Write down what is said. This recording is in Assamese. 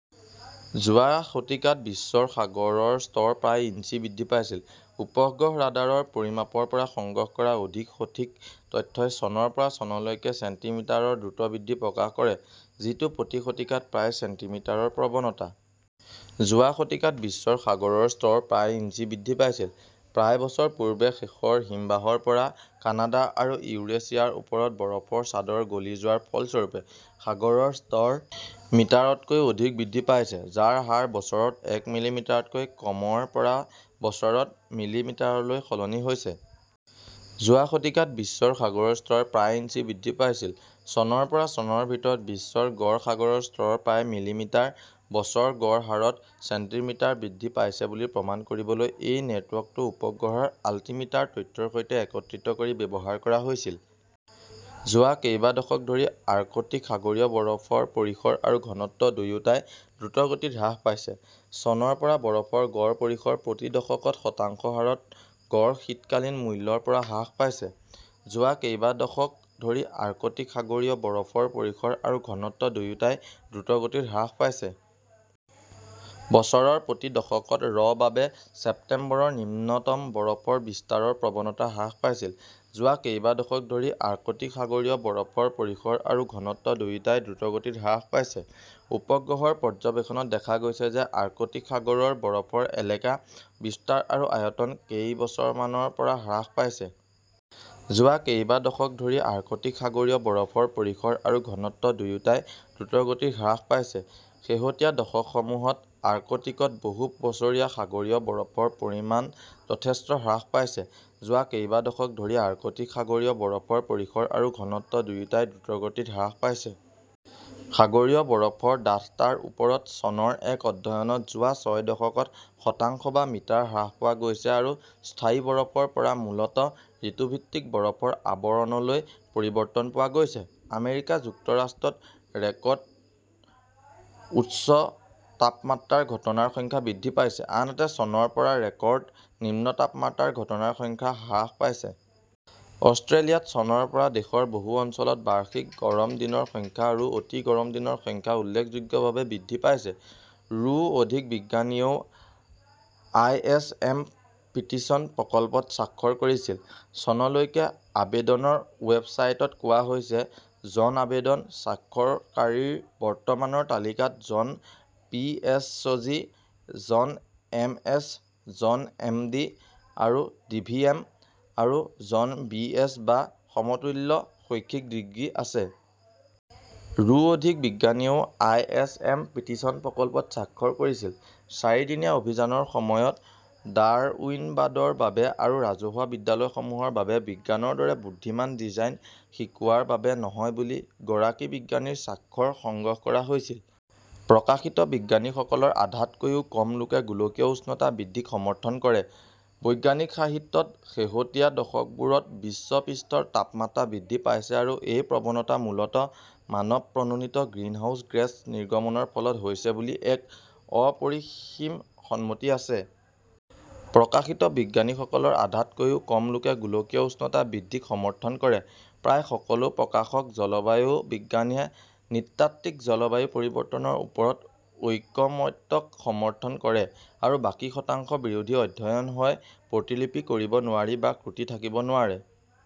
যোৱা শতিকাত বিশ্বৰ সাগৰৰ স্তৰ প্ৰায় ইঞ্চি বৃদ্ধি পাইছিল। উপগ্ৰহ ৰাডাৰৰ পৰিমাপৰ পৰা সংগ্ৰহ কৰা অধিক সঠিক তথ্যই চনৰ পৰা চনলৈকে ছেণ্টিমিটাৰ ৰ দ্ৰুত বৃদ্ধি প্ৰকাশ কৰে, যিটো প্ৰতি শতিকাত প্ৰায় ছেণ্টিমিটাৰ ৰ প্ৰৱণতা। যোৱা শতিকাত বিশ্বৰ সাগৰৰ স্তৰ প্ৰায় ইঞ্চি বৃদ্ধি পাইছিল। প্ৰায় বছৰ পূৰ্বে শেষৰ হিমবাহৰ পৰা, কানাডা আৰু ইউৰেচিয়াৰ ওপৰত বৰফৰ চাদৰ গলি যোৱাৰ ফলস্বৰূপে, সাগৰৰ স্তৰ মিটাৰ তকৈও অধিক বৃদ্ধি পাইছে, যাৰ হাৰ বছৰত এক মিলিমিটাৰতকৈ কমৰ পৰা বছৰত মিলিমিটাৰলৈ সলনি হৈছে। যোৱা শতিকাত বিশ্বৰ সাগৰৰ স্তৰ প্ৰায় ইঞ্চি বৃদ্ধি পাইছিল। চনৰ পৰা চনৰ ভিতৰত বিশ্বৰ গড় সাগৰৰ স্তৰ প্ৰায় মিলিমিটাৰ/বছৰ গড় হাৰত ছেণ্টিমিটাৰ বৃদ্ধি পাইছে বুলি প্ৰমাণ কৰিবলৈ এই নেটৱৰ্কটো উপগ্ৰহৰ আল্টিমিটাৰ তথ্যৰ সৈতে একত্ৰিত কৰি ব্যৱহাৰ কৰা হৈছিল। যোৱা কেইবা দশক ধৰি আৰ্কটিক সাগৰীয় বৰফৰ পৰিসৰ আৰু ঘনত্ব দুয়োটাই দ্ৰুতগতিত হ্ৰাস পাইছে। চনৰ পৰা বৰফৰ গড় পৰিসৰ প্ৰতি দশকত শতাংশ হাৰত ৰ গড় শীতকালীন মূল্যৰ পৰা হ্ৰাস পাইছে। যোৱা কেইবা দশক ধৰি আৰ্কটিক সাগৰীয় বৰফৰ পৰিসৰ আৰু ঘনত্ব দুয়োটাই দ্ৰুতগতিত হ্ৰাস পাইছে। বছৰত প্ৰতি দশকত ৰ বাবে ছেপ্টেম্বৰৰ নিম্নতম বৰফৰ বিস্তাৰৰ প্ৰৱণতা হ্ৰাস পাইছিল। যোৱা কেইবা দশক ধৰি আৰ্কটিক সাগৰীয় বৰফৰ পৰিসৰ আৰু ঘনত্ব দুয়োটাই দ্ৰুতগতিত হ্ৰাস পাইছে। উপগ্ৰহৰ পৰ্যবেক্ষণত দেখা গৈছে যে আৰ্কটিক সাগৰৰ বৰফৰ এলেকা, বিস্তাৰ আৰু আয়তন কেইবছৰমানৰ পৰা হ্ৰাস পাইছে। যোৱা কেইবা দশক ধৰি আৰ্কটিক সাগৰীয় বৰফৰ পৰিসৰ আৰু ঘনত্ব দুয়োটাই দ্ৰুতগতিত হ্ৰাস পাইছে। শেহতীয়া দশকসমূহত আৰ্কটিকত বহু বছৰীয়া সাগৰীয় বৰফৰ পৰিমাণ যথেষ্ট হ্ৰাস পাইছে। যোৱা কেইবা দশক ধৰি আৰ্কটিক সাগৰীয় বৰফৰ পৰিসৰ আৰু ঘনত্ব দুয়োটাই দ্ৰুতগতিত হ্ৰাস পাইছে। সাগৰীয় বৰফৰ ডাঠতাৰ ওপৰত চনৰ এক অধ্যয়নত যোৱা ছয় দশকত শতাংশ বা মিটাৰ হ্ৰাস পোৱা গৈছে আৰু স্থায়ী বৰফৰ পৰা মূলতঃ ঋতুভিত্তিক বৰফৰ আৱৰণলৈ পৰিৱৰ্তন পোৱা গৈছে। আমেৰিকা যুক্তৰাষ্ট্ৰত ৰেকৰ্ড উচ্চ তাপমাত্ৰাৰ ঘটনাৰ সংখ্যা বৃদ্ধি পাইছে, আনহাতে চনৰ পৰা ৰেকৰ্ড নিম্ন তাপমাত্ৰাৰ ঘটনাৰ সংখ্যা হ্ৰাস পাইছে। অষ্ট্ৰেলিয়াত চনৰ পৰা দেশৰ বহু অঞ্চলত বাৰ্ষিক গৰম দিনৰ সংখ্যা আৰু অতি গৰম দিনৰ সংখ্যা উল্লেখযোগ্যভাৱে বৃদ্ধি পাইছে।, ৰো অধিক বিজ্ঞানীয়ে O. I. S. M. Petition প্ৰকল্পত স্বাক্ষৰ কৰিছিল। চনলৈকে, আবেদনৰ ৱেবছাইটত কোৱা হৈছে, " জন আবেদন স্বাক্ষৰকাৰীৰ বৰ্তমানৰ তালিকাত জন পিএইচডি; জন এমএছ; জন এমডি আৰু ডিভিএম; আৰু জন বিএছ বা সমতুল্য শৈক্ষিক ডিগ্ৰী আছে।, ৰো অধিক বিজ্ঞানীয়ে O. I. S. M. Petition প্ৰকল্পত স্বাক্ষৰ কৰিছিল। চাৰিদিনীয়া অভিযানৰ সময়ত ডাৰউইনবাদৰ বাবে আৰু ৰাজহুৱা বিদ্যালয়সমূহৰ বাবে বিজ্ঞানৰ দৰে বুদ্ধিমান ডিজাইন শিকোৱাৰ বাবে নহয় বুলি গৰাকী বিজ্ঞানীৰ স্বাক্ষৰ সংগ্ৰহ কৰা হৈছিল। প্ৰকাশিত বিজ্ঞানীসকলৰ আধাতকৈও কম লোকে গোলকীয় উষ্ণতা বৃদ্ধিক সমৰ্থন কৰে। বৈজ্ঞানিক সাহিত্যত, শেহতীয়া দশকবোৰত বিশ্ব পৃষ্ঠৰ তাপমাত্ৰা বৃদ্ধি পাইছে আৰু এই প্ৰৱণতা মূলতঃ মানৱ-প্ৰণোদিত গ্ৰীণহাউচ গেছ নিৰ্গমনৰ ফলত হৈছে বুলি এক অপৰিসীম সন্মতি আছে। প্ৰকাশিত বিজ্ঞানীসকলৰ আধাতকৈও কম লোকে গোলকীয় উষ্ণতা বৃদ্ধিক সমৰ্থন কৰে। প্ৰায় সকলো প্ৰকাশক জলবায়ু বিজ্ঞানীয়ে নৃতাত্ত্বিক জলবায়ু পৰিৱৰ্তনৰ ওপৰত ঐকমত্যক সমৰ্থন কৰে, আৰু বাকী শতাংশ বিৰোধী অধ্যয়ন হয় প্ৰতিলিপি কৰিব নোৱাৰি বা ত্ৰুটি থাকিব নোৱাৰে।